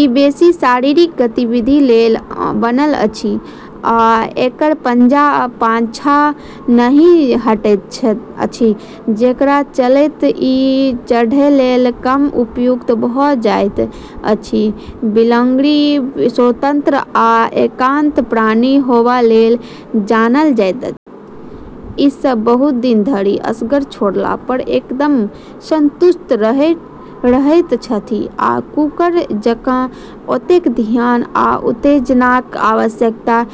ई बेसी शारीरिक गतिविधि लेल बनल अछि, आ एकर पंजा पाछाँ नहि हटैत अछि, जेकरा चलैत ई चढ़ै लेल कम उपयुक्त भऽ जाइत अछि। बिलाड़ि स्वतंत्र आ एकांत प्राणी होबा लेल जानल जाइत छथि। ई सभ बहुत दिन धरि असगर छोड़ला पर एकदम संतुष्ट रहैत छथि आ कुकुर जकाँ ओतेक ध्यान आ उत्तेजनाक आवश्यकता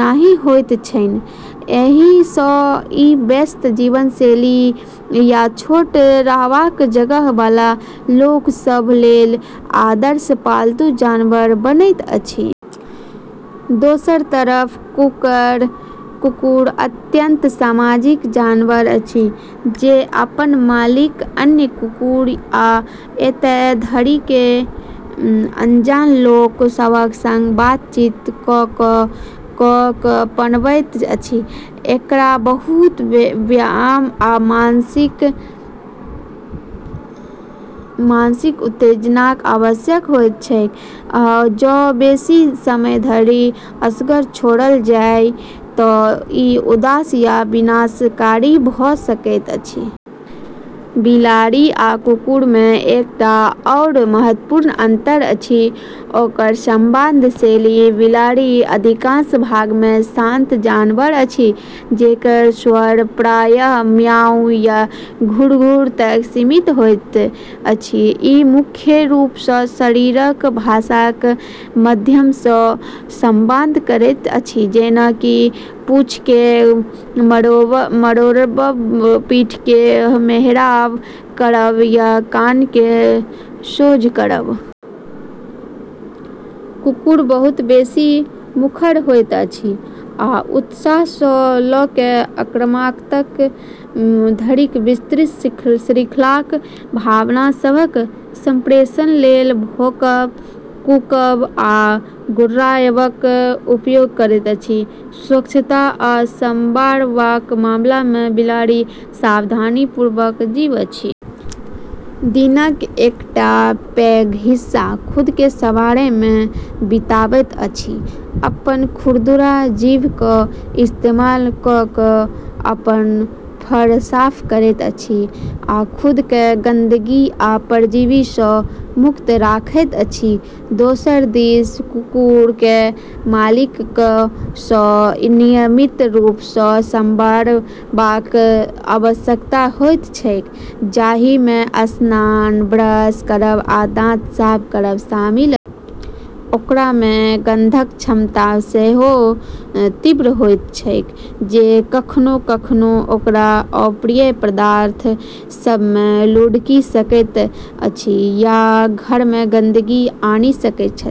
नहि होइत छैन। एहि सँ ई व्यस्त जीवनशैली या छोट रहबाक जगह बला लोक सभ लेल आदर्श पालतू जानवर बनैत अछि। दोसर तरफ कुकुर अत्यंत सामाजिक जानवर अछि जे अपन मालिक, अन्य कुकुर, आ एतय धरि कि अनजान लोक सभक संग बातचीत कऽ कऽ पनपैत अछि। एकरा बहुत व्यायाम आ मानसिक उत्तेजनाक आवश्यकता होइत छैक, आ जँ बेसी समय धरि असगर छोड़ल जाए तँ ई उदास या विनाशकारी भऽ सकैत अछि। बिलाड़ि आ कुकुर मे एकटा आओर महत्वपूर्ण अंतर अछि ओकर संवाद शैली। बिलाड़ि, अधिकांश भाग मे, शांत जानवर अछि, जेकर स्वर प्रायः म्याऊ या घुरघुर तक सीमित होइत अछि। ई मुख्य रूप सँ शरीरक भाषाक माध्यम सँ संवाद करैत अछि, जेना कि पूँछकेँ मरोड़ब, पीठकेँ मेहराब करब या कानकेँ सोझ करब। कुकुर बहुत बेसी मुखर होइत अछि आ उत्साह सँ लऽ कऽ आक्रामकता धरिक विस्तृत श्रृंखलाक भावना सभक संप्रेषण लेल भौंकब, कूँकब आ गुर्राएबक उपयोग करैत अछि। स्वच्छता आ संवारबाक मामला मे बिलाड़ि सावधानीपूर्वक जीव अछि। दिनक एकटा पैघ हिस्सा खुदकेँ संवारै मे बिताबैत अछि, अपन खुरदुरा जीभक इस्तेमाल कऽ कऽ अपन फर साफ करैत अछि आ खुदकेँ गंदगी आ परजीवी सँ मुक्त रखैत अछि। दोसर दिस कुकुरकेँ मालिकक सँ नियमित रूप सँ संवारबाक आवश्यकता होइत छैक, जाही मे स्नान, ब्रश करब, आ दाँत साफ करब शामिल अछि। ओकरा मे गंधक क्षमता सेहो तीव्र होइत छैक, जे कखनो-कखनो ओकरा अप्रिय पदार्थ सभ मे लुढ़कि सकैत अछि या घर मे गंदगी आनि सकैत अछि।